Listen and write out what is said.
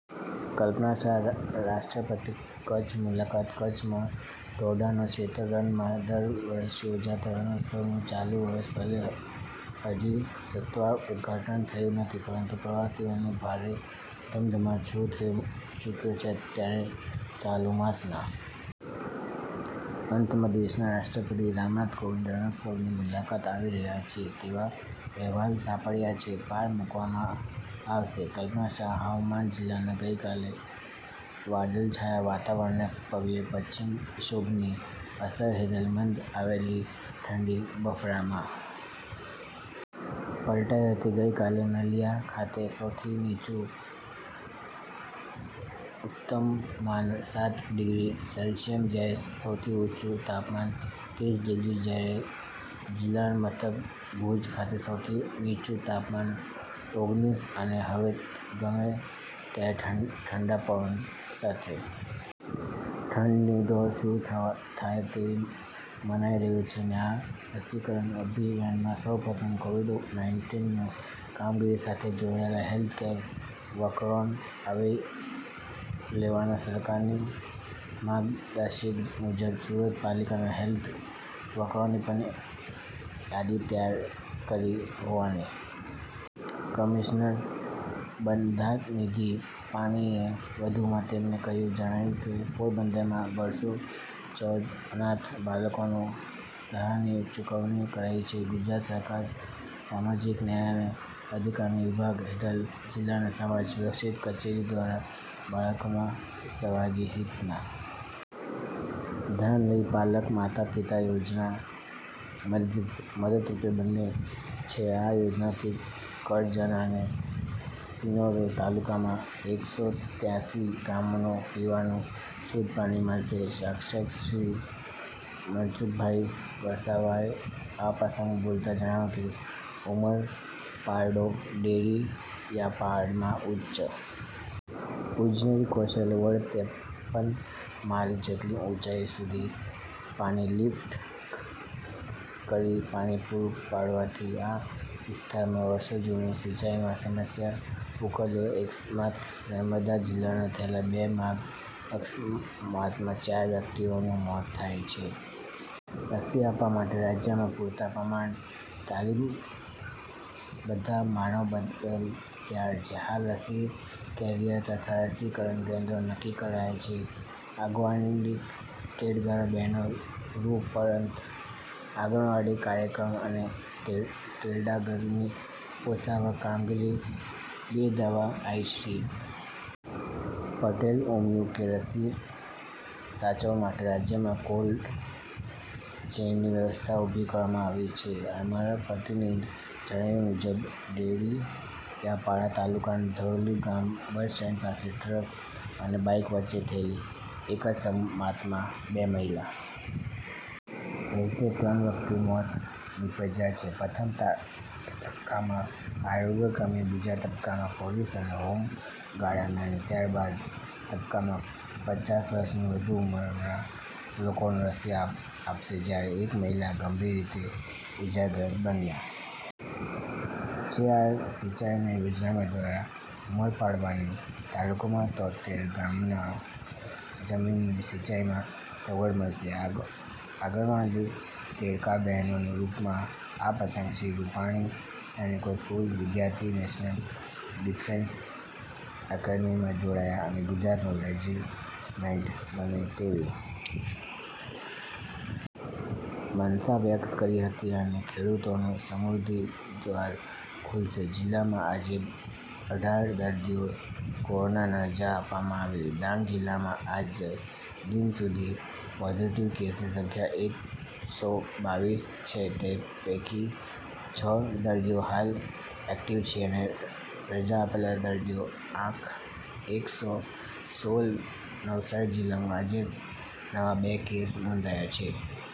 કલ્પના શાહ રાષ્ટ્રપતિકચ્છ મુલાકાતે કચ્છમાં ધોરડો ના શ્વેત રણ માં દર વર્ષે યોજાતા રણોત્સવનું ચાલુ વર્ષે ભલે હજી સત્તાવાર ઉદ્ધાટન થયું નથી પરંતુ પ્રવાસીઓનો ભારે ધમધમાટ શરુ થઇ ચુક્યો છે ત્યારે ચાલુ માસના અંતમાં દેશના રાષ્ટ્રપતિ રામનાથ કોવિંદ રણોત્સવની મુલાકાતે આવી રહ્યા છે તેવા અહેવાલ સાંપડ્યા છે પાર મુકવામાં આવશે કલ્પના શાહ હવામાન જિલ્લામાં ગઈકાલે વાદળછાયા વાતાવરણને પગલે પશ્ચિમ વિક્ષોભની અસર હેઠળ મંદ આવેલી ઠંડી બફારામાં પલટાઈ હતી ગઈકાલે નલિયા ખાતે સૌથી નીચું ઉષ્ણતામાન સાત ડિગ્રી સેલ્સિયસ જયારે સૌથી ઊંચું તાપમાન ત્રીસ ડિગ્રી જયારે જિલ્લા મથક ભુજ ખાતે સૌથી નીચું તાપમાન ઓગણિસ અને હવે ગમે ત્યારે ઠંડા પવનો સાથે ઠંડીનો દોર શરુ થાય તેવું મનાઈ રહ્યું છે આ રસીકરણ અભિયાનમાં સૌ પ્રથમ કોવિડ નાઈટિન ની કામગીરી સાથે જોડાયેલા હેલ્થકેર વર્કરોને આવરી લેવાના સરકારની માર્ગદર્શિકા મુજબ સુરત પાલિકાએ હેલ્થ વર્કરોની પણ યાદી તૈયાર કરી હોવાનું કમિશનર બંછાનિધિ પાનીએ વધુમાં તેમનએ કહ્યું જણાવ્યું છે પોરબંદરમાં બસ્સો ચૌદ અનાથ બાળકોને સહાયની ચુકવણી કરાઈ છે ગુજરાત સરકારના સામાજિક ન્યાય અને અધિકારીતા વિભાગ હેઠળ જિલ્લા સમાજ સુરક્ષા કચેરી દ્વારા બાળકના સર્વાગી હિતના ધ્યાને લઇ પાલક માતા પિતા યોજના મદદરૂપ બને છે આ યોજનાથી કરજણ અને શિનોર તાલુકાનાં એક સો ત્યાસી ગામોને પીવાનું શુધ્ધ પાણી મળશે સાંસદશ્રી મનસુખભાઈ વસાવાએ આ પ્રસંગે બોલતા જણાવ્યું કે ઉંમરપાડાડેડીયાપાડામાં ઉચ્ચ ઈજનેરી કૌશલ્ય વડે ત્રેપન માળ જેટલી ઉંચાઈ સુધી પાણી લિફ્ટ કરી પાણી પૂરું પાડવાથી આ વિસ્તારોની વર્ષો જૂની સિંચાઈની સમસ્યા ઉકેલાશે અકસ્માત નર્મદા જિલ્લામાં થયેલા બે માર્ગ અકસ્માતોમાં ચાર વ્યકિતીઓના મોત થયા છે રસી આપવા માટે રાજયમાં પૂરતા પ્રમાણમાં તાલીમબધ્ધ માનવબળ તૈયાર છે હાલ રસી કેરીયર તથા રસીકરણ કેન્દ્રો નક્કી કરાયા છે આંગણવાડી તેડાગર બહેનોને રૂ પરંતુ આંગણવાડી કાર્યકર અને તેડાગરની પ્રોત્સાવહક કામગીરીને બિરદાવવા આઈ શ્રી પટેલે ઉમેર્યું કે રસી સાચવવા માટે રાજ્યમાં કોલ્ડ ચેનની વ્યવસ્થા ઉભી કરવામાં આવી છે અમારા પ્રતિનિધિના જણાવ્યા મુજબ ડેડીયાપાડા તાલુકાના ધરોળી ગામના બસ સ્ટેન્ડન્ડ પાસે ટ્રક અને બાઈક વચ્ચે થયેલા અકસ્માતમાં બે મહિલા સહિત ત્રણ વ્યકિતનાં મોત નીપજ્યા છે પ્રથમ તબક્કામાં આરોગ્ય કર્મીઓ બીજા તબક્કામાં પોલીસ અને હોમ ગાર્ડસ અને ત્યારબાદના તબક્કામાં પચાસ વર્ષથી વધુ ઉમરનાં લોકોને રસી અપાશે જ્યારે એક મહિલા ગંભીર રીતે ઈજાગ્રસ્ત બન્યા છે આ સિંચાઈ યોજના દ્વારા ઉંમરપાડાડેડીયાપાડા તાલુકાનાં તોતેર ગામોની જમીનને સિંચાઈની સગવડ મળશે આંગણવાડી તેડાગર બહેનોને રૂા આ પ્રસંગે શ્રી રૂપાણીએ સૈનિક સ્કૂલના વિધાર્થીઓ નેશનલ ડિફેન્સ એકેડેમીમાં જોડાય અને ગુજરાત રેજીમેન્ટ બને તેવી મનસા વ્યકત કરી હતી અને ખેડૂતોની સમૃધ્ધિના દ્વાર ખુલશે જિલ્લામાં આજે અઢાર દર્દીઓએ કોરોનાને રજા આપવામાં આવી ડાંગ જિલ્લામાં આજ દિન સુધીમાં પોઝીટીવ કેસની સંખ્યા એક સો બાવીસ છે તે પૈકી છ દર્દીઓને હાલ એક્ટિવ છે અને રજા આપેલા દર્દીઓનો આંક એક સો સોળ નવસારી જિલ્લામાં આજે નવા બે કેસ નોંધાયા છે।